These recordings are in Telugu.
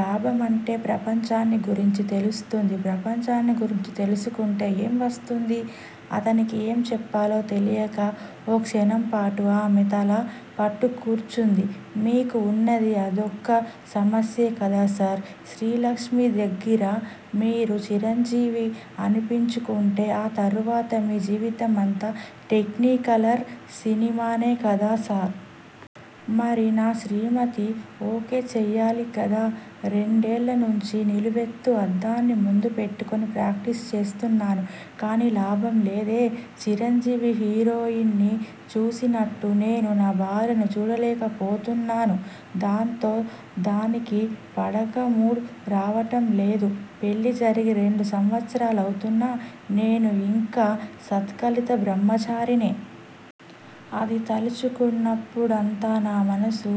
లాభమంటే- ప్రపంచాన్ని గురించి తెలుస్తుంది ప్రపంచాన్ని గురించి తెలుసుకుంటే ఏం వస్తుంది? అతనికి ఏం చెప్పాలో తెలియక ఓ క్షణంపాటు ఆమె తల పట్టుక్కూర్చుంది. మీకు ఉన్నది అదొక్క సమస్యే కదా సార్! శ్రీలక్ష్మి దగ్గిర మీరు చిరంజీవి అనిపించుకుంటే ఆ తరువాత మీ జీవితమంతా టెక్నికలర్ సినిమానే కదా సా! మరి నా శ్రీమతి ఓకే చెయ్యాలి గదా! రెండేళ్ళ నుంచి నిలువెత్తు అద్దాన్ని ముందు పెట్టుకుని ప్రాక్టీసు చేస్తున్నాను. కానీ లాభం లేదే! చిరంజీవి హీరోయిన్ ని చూసినట్టు నేను నా భార్యను చూడలేక పోతున్నాను. దాంతో దానికి 'పడకమూడ్' రావడం లేదు. పెళ్ళి జరిగి రెండు సంవత్సరాలవుతున్నా నేను యింకా అస్కలిత బ్రహ్మచారినే. అది తలుచుకున్నప్పుడంతా నా మనసు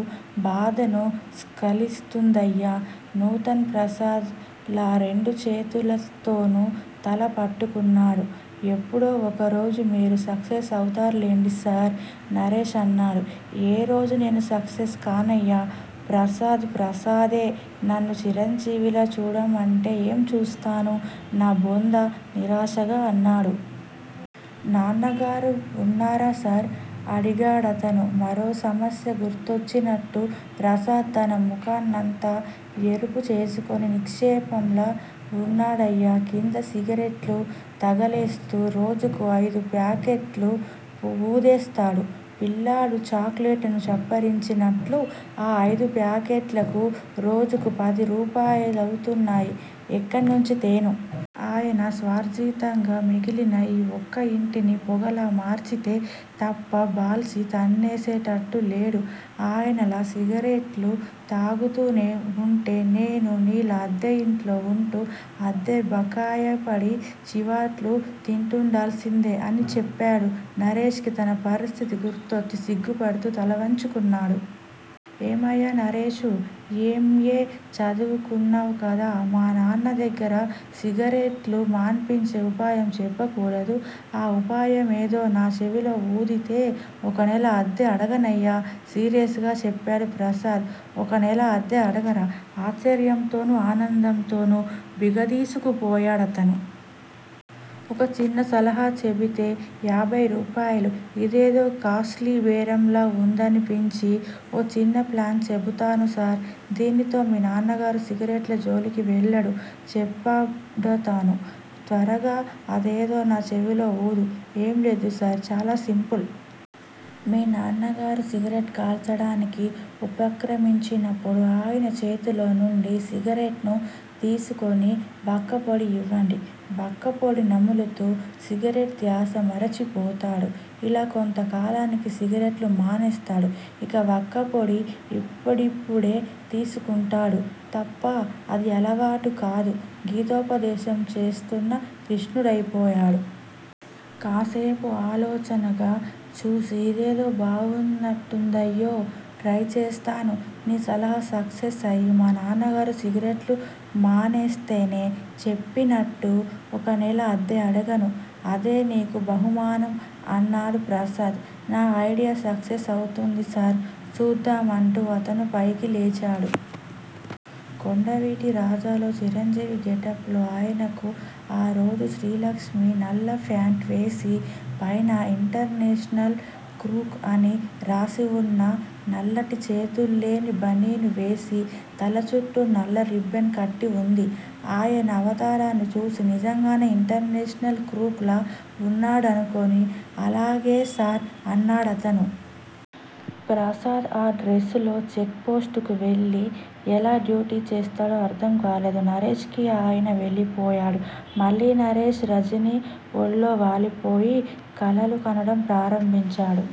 బాధను స్కలిస్తుందయ్యా నూతన్ ప్రసాద్ లా రెండు చేతులతోనూ తల పట్టుకున్నాడు. ఎప్పుడో ఒకరోజు మీరు సక్సెస్ అవుతారులెండి సార్ నరేష్ అన్నాడు. ఏ రోజూ నేను సక్సెస్ కానయ్యా! ప్రసాద్ ప్రసాదే! నన్ను చిరంజీవిలా చూడమంటే ఏం చూస్తాను నా బొంద నిరాశగా అన్నాడు. నాన్నగారు వున్నారా సార్? అడిగాడతను. మరో సమస్య గుర్తొచ్చినట్టు ప్రసాద్ తన ముఖాన్నంతా ఎరుపు చేసుకుని నిక్షేపంలా వున్నాడయ్యా కింద సిగరెట్లు తగలేస్తూ. రోజుకు అయిదు ప్యాకెట్ లు వూదేస్తాడు పిల్లాడు చాక్ లెట్లను చప్పరించినట్లు. ఆ అయిదు పాకెట్లకూ రోజుకు పది రూపాయలవుతున్నాయి. ఎక్కడ్నించి తేను? ఆయన స్వార్జితంగా మిగిలిన ఈ ఒక్క యింటిని పొగలా మార్చితే తప్ప బాల్చీ తన్నేసేటట్టు లేడు. ఆయనలా సిగరెట్ లు తాగుతూనే వుంటే నేనూ నీలా అద్దె యింట్లో వుంటూ, అద్దె బకాయిపడి చీవాట్లు తింటుండాల్సిందే అని చెప్పాడు. నరేషుకి తన పరిస్థితి గుర్తొచ్చి సిగ్గుపడుతూ తలవంచుకున్నాడు. ఏమయ్యా నరేషూ! ఎం. ఏ. చదువుకున్నావ్ కదా! మానాన్న దగ్గిర సిగరెట్ లు మాన్పించే ఉపాయం చెప్పకూడదూ! ఆ ఉపాయమేదో నా చెవిలో వూదితే ఒక నెల అద్దె అడగనయ్యా! సీరియస్ గా చెప్పాడు ప్రసాద్. ఒక నెల అద్దె అడగరా? ఆశ్చర్యంతోనూ, ఆనందంతోనూ బిగదీసుకుపోయాడతను. ఒక చిన్న సలహా చెబితే యాభై రూపాయలు. ఇదేదో కాస్ట్ లీ బేరంలా వుందనిపించి ఓ చిన్న ప్లాన్ చెబుతాను సార్! దానితో మీ నాన్నగారు సిగరెట్ల జోలికి వెళ్లడు చెప్పాడతను. త్వరగా అదేదో నా చెవిలో వూదు. ఏం లేదు సార్! చాలా సింపుల్! మీ నాన్నగారు సిగరెట్ కాల్చడానికి ఉపక్రమించినప్పుడు ఆయన చేతిలో నుండి సిగరెట్ ను తీసేసుకుని వక్కపొడి ఇవ్వండి. వక్కపొడి నములుతూ సిగరెట్ ధ్యాస మరిచి పోతాడు. అలా కొంత కాలానికి సిగరెట్ లు మానేస్తాడు. ఇక వక్కపొడి ఇప్పుడిప్పుడే తీసుకుంటాడు తప్ప అది అలవాటు కాదు గీతోపదేశం చేస్తున్న కృష్ణుడైపోయాడు. కాసేపు సాలోచనగా చూసి ఇదేదో బావుందన్నట్టుందయ్యో! ట్రై చేస్తాను. నీ సలహా సక్సెస్ అయి, మా నాన్నగారు సిగరెట్ లు మానేస్తేనే చెప్పినట్టు ఒక నెల అద్దె అడగను. అదే నీకు బహుమానం అన్నాడు ప్రసాద్. నా ఐడియా సక్సెస్ అవుతుంది సర్! చూద్దాం అంటూ అతను పైకి లేచాడు. కొండవీటి రాజాలో చిరంజీవి గెటప్ లో ఆయనకు ఆ రోజు శ్రీలక్ష్మి నల్ల ఫ్యాంట్ వేసి, పైన 'ఇంటర్నేషనల్ క్రూక్' అని రాసివున్న నల్లటి చేతుల్లేని బనీను వేసి, తల చుట్టూ నల్ల రిబ్బన్ కట్టి వుంది. ఆయన అవతారాన్ని చూసి నిజంగానే ఇంటర్నేషనల్ క్రూక్ లా వున్నాడనుకుని అలాగే సార్ అన్నాడతను. ప్రసాద్ ఆ డ్రస్ లో చెక్ పోస్టుకు వెళ్ళి ఎలా డ్యూటీ చేస్తాడో అర్థం కాలేదు నరేష్ కి. ఆయన వెళ్ళిపోయాడు. మళ్ళీ నరేష్ రజని ఒళ్ళో వాలిపోయి, కలలు కనడం ప్రారంభించాడు.